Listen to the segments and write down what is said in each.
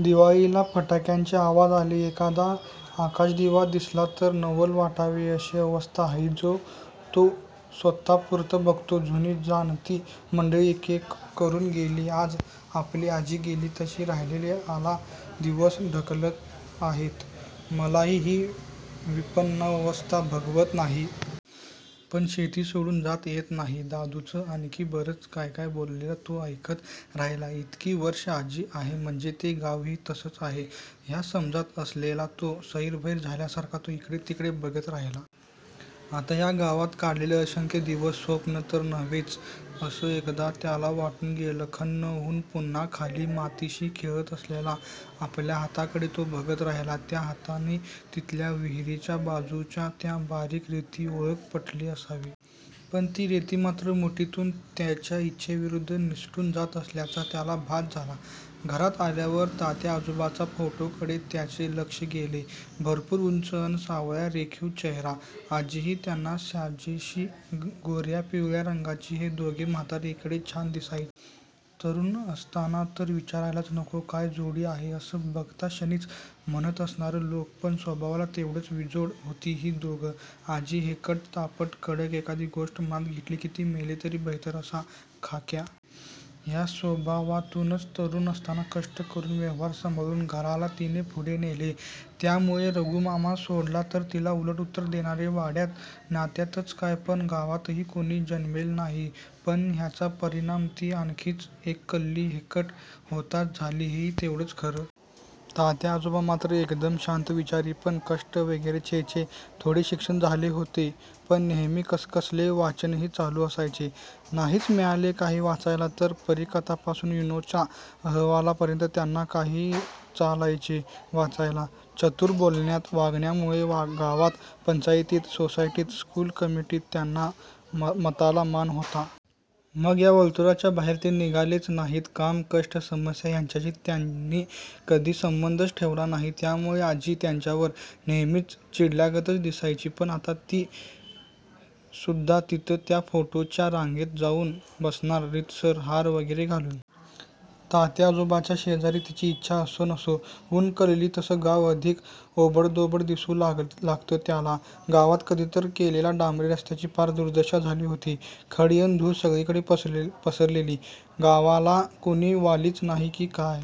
दिवाळीला फटाक्यांचे आवाज आले, एखादा आकाशदिवा दिसला, तर नवल वाटावे अशी अवस्था आहे. जो तो स्वत:पूरतं बघतो. जुनी-जाणती मंडळी एकेक करून गेली, आज आपली आजी गेली तशी. राहिलेली आला दिवस ढकलत आहेत. मलाही ही विपन्नावस्था बघवत नाही. पण शेती सोडून जाता येत नाही.. दादूचं आणखी बरंच काय काय बोललेलं तो ऐकत राहिला. इतकी वर्षे आजी आहे, म्हणजे, ते गावही तसंच आहे या समजात असलेला तो सैरभैर झाल्यासारखा तो इकडेतिकडे बघत राहिला. आता या गावात काढलेले असंख्य दिवस स्वप्न तर नव्हते असं एकदा त्याला वाटून गेलं. खिन्न होऊन पुन्हा खाली मातीशी खेळत असलेल्या आपल्या हातांकडे तो बघत राहिला. त्या हातांनाही तिथल्या विहिरीच्या बाजूच्या त्या बारीक रेतीची ओळख पटली असावी. पण ती रेती मात्र मुठीतून त्याच्या इच्छेविरूध्द निसटून जात असल्याचा त्याला भास झाला. घरात आल्यावर तात्याआजोबांच्या फोटोकडे त्याचं लक्ष गेलं. भरपूर उंची, अन सावळा रेखीव चेहेरा. आजीही त्यांना साजेशी. गोर्यापिवळ्या रंगाची. हे दोघे म्हातारे इतके छान दिसायचे. तरूण असताना तर विचारायलाच नको. काय जोडी आहे- असं बघताक्षणीच म्हणत असणार लोक. पण स्वभावाला तेवढीच विजोड होती ही दोघं. आजी हेकट, तापट, कडक. एखादी गोष्ट मनात घेतली की मेले तरी बेहेत्तर असा खाक्या. या स्वभावातूनच तरूण असताना कष्ट करून व्यवहार सांभाळून घराला तिने पुढे नेले. त्यामूळे रघूमामा सोडला, तर तिला उलट उत्तर देणारे वाड्यात, नात्यातच काय, पण गावातही कुणी जन्मले नाही! पण याचा परिणाम ती आणखीच एककल्ली, हेकट होण्यात झाला, हेही तेवढंच खरं. तात्या आजोबा मात्र एकदम शांत, विचारी. पण कष्ट वगैरे? छे-छे! थोडे शिक्षण झाले होतेच, पण नेहेमी कसकसले वाचनही चालू असायचे. नाहीच मिळाले काही वाचायला, तर परीकथांपासून युनोच्या अहवालापर्यंत त्यांना काहीही चालायचे वाचायला. चतूर बोलण्या वागण्यामूळे गावात, पंचायतीत, सोसायटीत, स्कूल कमिटीत त्यांच्या मताला मान होता. मग या वर्तूळाच्या बाहेर ते निघालेच नाहीत. काम, कष्ट, समस्या यांच्याशी त्यांनी कधी संबंधच ठेवला नाही. त्यामूळे आजी त्यांच्यावर नेहेमीच चिडल्यागत दिसायची. पण आता ती सुध्दा तिथं त्या फोटोंच्या रांगेत जाऊन बसणार. रीतसर हार वगैरे घालून. तात्याआजोबांच्या शेजारी. तिची इच्छा असो, नसो. ऊन्हं कलली, तसं गाव अधिकच ओबडधोबड दिसू लागलं त्याला. गावात कधीतरी केलेल्या डांबरी रस्त्यांची पार दुर्दशा झाली होती. खडी अन धुळ सगळीकडे पसरलेली. गावाला कुणी वालीच नाही की काय?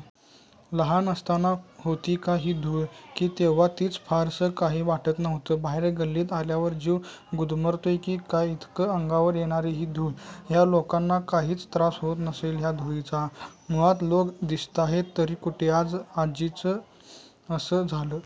लहान असताना होती का ही धूळ? की तेव्हा तिचं फारसं काही वाटत नव्हतं? बाहेर गल्लीत आल्यावर जीव गुदमरतोय की काय, इतकी अंगावर येणारी ही धुळ. या लोकांना काहीच त्रास होत नसेल या धुळीचा? मुळात लोक दिसताहेत तरी कुठे? आज आजीचं असं झालं--